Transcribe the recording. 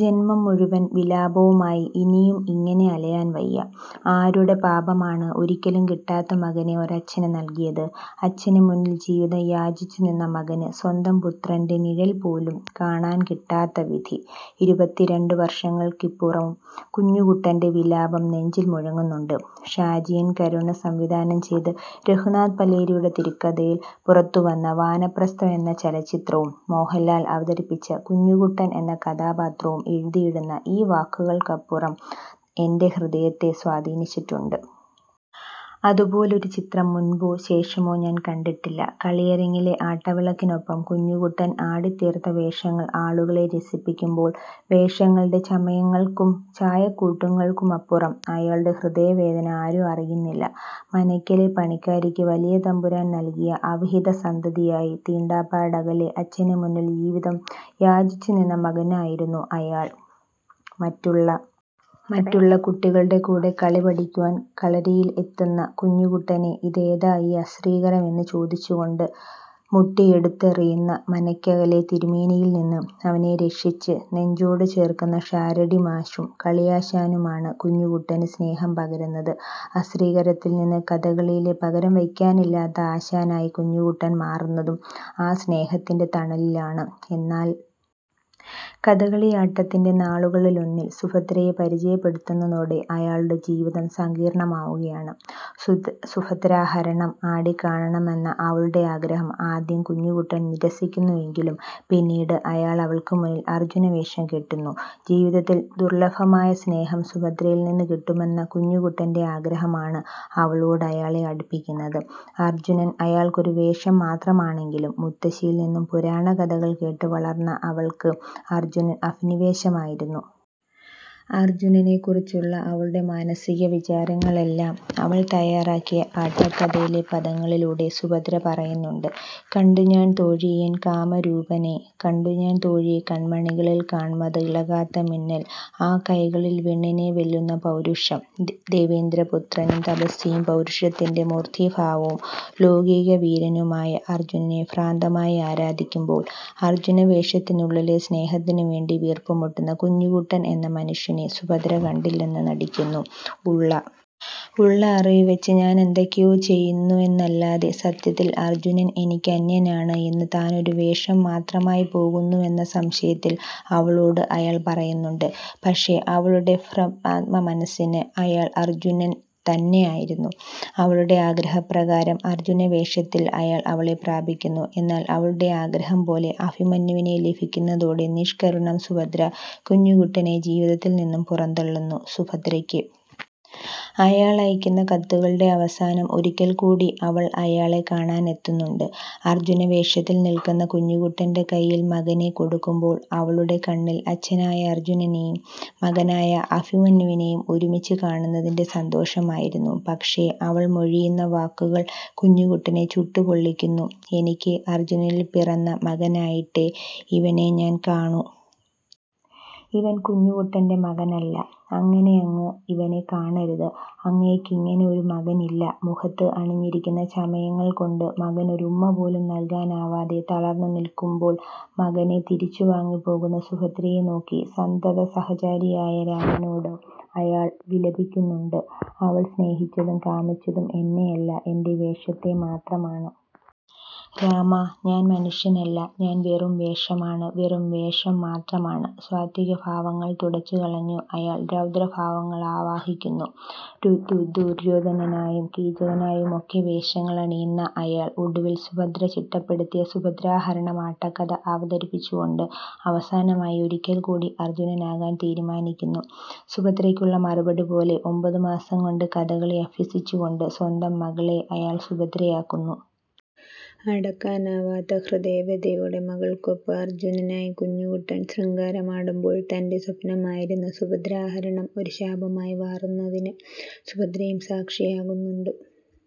ജന്മം മുഴുവൻ വിലാപവുമായി ഇനിയും ഇങ്ങനെ അലയാൻ വയ്യ. ആരുടെ പാപമാണ് ഒരിക്കലും കിട്ടാത്ത മകനെ ഒരച്ഛന് നൽകിയത്. അച്ഛന് മുന്നിൽ ജീവിതം യാചിച്ചു നിന്ന മകന് സ്വന്തം പുത്രൻ്റെ നിഴൽ പോലും കാണാൻ കിട്ടാത്ത വിധി. ഇരുപത്തിരണ്ടു വർഷങ്ങൾക്കിപ്പുറവും കുഞ്ഞുകുട്ടൻ്റെ വിലാപം നെഞ്ചിൽ മുഴങ്ങുന്നുണ്ട്. ഷാജി എൻ കരുണ് സംവിധാനം ചെയ്ത് രഘുനാഥ് പലേരിയുടെ തിരക്കഥയിൽ പുറത്തുവന്ന വാനപ്രസ്ഥം എന്ന ചലച്ചിത്രവും മോഹൻലാൽ അവതരിപ്പിച്ച കുഞ്ഞുകുട്ടൻ എന്ന കഥാപാത്രവും എഴുതിയിടുന്ന ഈ വാക്കുകൾക്കുമപ്പുറം എൻ്റെ ഹൃദയത്തെ സ്വാധീനിച്ചിട്ടുണ്ട്. അതുപോലൊരു ചിത്രം മുൻപോ ശേഷമോ ഞാൻ കണ്ടിട്ടില്ല. കളിയരങ്ങിലെ ആട്ടവിളക്കിനൊപ്പം കുഞ്ഞുകുട്ടൻ ആടിത്തീർത്ത വേഷങ്ങൾ ആളുകളെ രസിപ്പിക്കുമ്പോൾ വേഷങ്ങളുടെ ചമയങ്ങൾക്കും ചായക്കൂട്ടുകൾക്കുമപ്പുറം അയാളുടെ ഹൃദയവേദന ആരും അറിയുന്നില്ല. മനയ്ക്കലെ പണിക്കാരിക്ക് വലിയ തമ്പുരാൻ നൽകിയ അവിഹിതസന്തതിയായി, തീണ്ടാപ്പാടകലെ അച്ഛന് മുന്നിൽ ജീവിതം യാചിച്ചു നിന്ന മകനായിരുന്നു അയാൾ. മറ്റുള്ള കുട്ടികളുടെ കൂടെ കളി പഠിക്കുവാൻ കളരിയിലെത്തുന്ന കുഞ്ഞുകുട്ടനെ ഇതേതാ ഈ അശ്രീകരം എന്ന് ചോദിച്ചുകൊണ്ട് മുട്ടിയെടുത്തെറിയുന്ന മനയ്ക്കലെ തിരുമേനിയിൽ നിന്ന് അവനെ രക്ഷിച്ച് നെഞ്ചോട് ചേർക്കുന്ന ഷാരടി മാഷും കളിയാശാനുമാണ് കുഞ്ഞുകുട്ടന് സ്നേഹം പകരുന്നത്. അശ്രീകരത്തിൽ നിന്ന് കഥകളിയിലെ പകരംവയ്ക്കാനില്ലാത്ത ആശാനായി കുഞ്ഞുകുട്ടൻ മാറുന്നതും ആ സ്നേഹത്തിൻ്റെ തണലിലാണ്. എന്നാൽ കഥകളിയാട്ടത്തിൻ്റെ നാളുകളിലൊന്നിൽ സുഭദ്രയെ പരിചയപ്പെടുന്നതോടെ അയാളുടെ ജീവിതം സങ്കീർണമാവുകയാണ്. സുഭദ്രാഹരണം ആടിക്കാണണമെന്ന അവളുടെ ആഗ്രഹം ആദ്യം കുഞ്ഞുകുട്ടൻ നിരസിക്കുന്നുവെങ്കിലും പിന്നീട് അയാൾ അവൾക്ക് മുന്നിൽ അർജുനവേഷം കെട്ടുന്നു. ജീവിതത്തിൽ ദുർലഭമായ സ്നേഹം സുഭദ്രയിൽ നിന്ന് കിട്ടുമെന്ന കുഞ്ഞുകുട്ടൻ്റെ ആഗ്രഹമാണ് അവളോട് അയാളെ അടുപ്പിക്കുന്നത്. അർജുനൻ അയാൾക്കൊരു വേഷം മാത്രമാണെങ്കിലും മുത്തശ്ശിയിൽ നിന്നും പുരാണകഥകൾ കേട്ട് വളർന്ന അവൾക്ക് അർജുനൻ അഭിനിവേശമായിരുന്നു. അർജുനനെക്കുറിച്ചുള്ള അവളുടെ മാനസികവിചാരങ്ങളെല്ലാം അവൾ തയ്യാറാക്കിയ ആട്ടക്കഥയിലെ പദങ്ങളിലൂടെ സുഭദ്ര പറയുന്നുണ്ട്. കണ്ടു ഞാൻ തോഴി എൻ കാമനുരൂപനെ. കണ്ടു ഞാൻ തോഴീ കൺകളിൽ കാണ്മത് ഇളകാത്ത മിന്നൽ. ആ കൈകളിൽ വിണ്ണിനെ വെല്ലുന്ന പൗരുഷം. ദേവേന്ദ്രപുത്രനും തപസ്വിയും പൗരുഷത്തിൻ്റെ മൂർത്തീഭാവവും ലോകൈകവീരനുമായ അർജുനനെ ഭ്രാന്തമായി ആരാധിക്കുമ്പോൾ അർജുനവേഷത്തിനുള്ളിലെ സ്നേഹത്തിനു വേണ്ടി വീർപ്പുമുട്ടുന്ന കുഞ്ഞുകുട്ടൻ എന്ന മനുഷ്യനെ സുഭദ്ര കണ്ടില്ലെന്ന് നടിക്കുന്നു. ഉള്ള അറിവ് വെച്ച് ഞാനെന്തൊക്കെയോ ചെയ്യുന്നുവെന്നല്ലാതെ സത്യത്തിൽ അർജുനൻ എനിക്കന്യനാണ് എന്ന് താനൊരു വേഷം മാത്രമായി പോകുന്നുവെന്ന സംശയത്തിൽ അവളോട് അയാൾ പറയുന്നുണ്ട്. പക്ഷേ അവളുടെ ഭ്രമാത്മകമനസ്സിന് അയാൾ അർജുനൻ തന്നെയായിരുന്നു. അവളുടെ ആഗ്രഹപ്രകാരം അർജുനവേഷത്തിൽ അയാൾ അവളെ പ്രാപിക്കുന്നു. എന്നാൽ അവളുടെ ആഗ്രഹം പോലെ അഭിമന്യുവിനെ ലഭിക്കുന്നതോടെ നിഷ്കരുണം സുഭദ്ര കുഞ്ഞുകുട്ടനെ ജീവിതത്തിൽ നിന്നും പുറന്തള്ളുന്നു. സുഭദ്രയ്ക്ക് അയാൾ അയയ്ക്കുന്ന കത്തുകളുടെ അവസാനം ഒരിക്കൽക്കൂടി അവൾ അയാളെ കാണാനെത്തുന്നുണ്ട്. അർജുനവേഷത്തിൽ നിൽക്കുന്ന കുഞ്ഞുകുട്ടൻ്റെ കൈയിൽ മകനെ കൊടുക്കുമ്പോൾ അവളുടെ കണ്ണിൽ അച്ഛനായ അർജുനനെയും മകനായ അഭിമന്യുവിനെയും ഒരുമിച്ച് കാണുന്നതിൻ്റെ സന്തോഷമായിരുന്നു. പക്ഷേ അവൾ മൊഴിയുന്ന വാക്കുകൾ കുഞ്ഞുകുട്ടനെ ചുട്ടുപൊള്ളിക്കുന്നു. എനിക്ക് അർജുനനിൽ പിറന്ന മകനായിട്ടേ ഇവനെ ഞാൻ കാണൂ. ഇവൻ കുഞ്ഞുകുട്ടൻ്റെ മകനല്ല. അങ്ങനെ അങ്ങ് ഇവനെ കാണരുത്. അങ്ങേക്ക് ഇങ്ങനെ ഒരു മകനില്ല. മുഖത്ത് അണിഞ്ഞിരിക്കുന്ന ചമയങ്ങൾ കൊണ്ട് മകനൊരു ഉമ്മ പോലും നൽകാനാവാതെ തളർന്നു നിൽക്കുമ്പോൾ മകനെ തിരിച്ചുവാങ്ങി പോകുന്ന സുഭദ്രയെ നോക്കി സന്തതസഹചാരിയായ രാമനോട് അയാൾ വിലപിക്കുന്നുണ്ട്. അവൾ സ്നേഹിച്ചതും കാമിച്ചതും എന്നെയല്ല. എൻ്റെ വേഷത്തെ മാത്രമാണ്. രാമാ, ഞാൻ മനുഷ്യനല്ല. ഞാൻ വെറും വേഷമാണ്. വെറും വേഷം മാത്രമാണ്. സാത്വികഭാവങ്ങൾ തുടച്ചുകളഞ്ഞു അയാൾ രൗദ്രഭാവങ്ങളാവാഹിക്കുന്നു. ദുര്യോധനനായും കീചകനായുമൊക്കെ വേഷങ്ങൾ അണിയുന്ന അയാൾ ഒടുവിൽ സുഭദ്ര ചിട്ടപ്പെടുത്തിയ സുഭദ്രാഹരണം ആട്ടക്കഥ അവതരിപ്പിച്ചുകൊണ്ട് അവസാനമായി ഒരിക്കൽക്കൂടി അർജുനനാകാൻ തീരുമാനിക്കുന്നു. സുഭദ്രയ്ക്കുള്ള മറുപടി പോലെ ഒമ്പതുമാസംകൊണ്ട് കഥകളി അഭ്യസിപ്പിച്ചുകൊണ്ട് സ്വന്തം മകളെ അയാൾ സുഭദ്രയാക്കുന്നു. അടക്കാനാവാത്ത ഹൃദയവ്യഥയോടെ മകൾക്കൊപ്പം അർജുനനായി കുഞ്ഞുകുട്ടൻ ശൃംഗാരമാടുമ്പോൾ തൻ്റെ സ്വപ്നമായിരുന്ന സുഭദ്രാഹരണം ഒരു ശാപമായി മാറുന്നതിന് സുഭദ്രയും സാക്ഷിയാകുന്നുണ്ട്.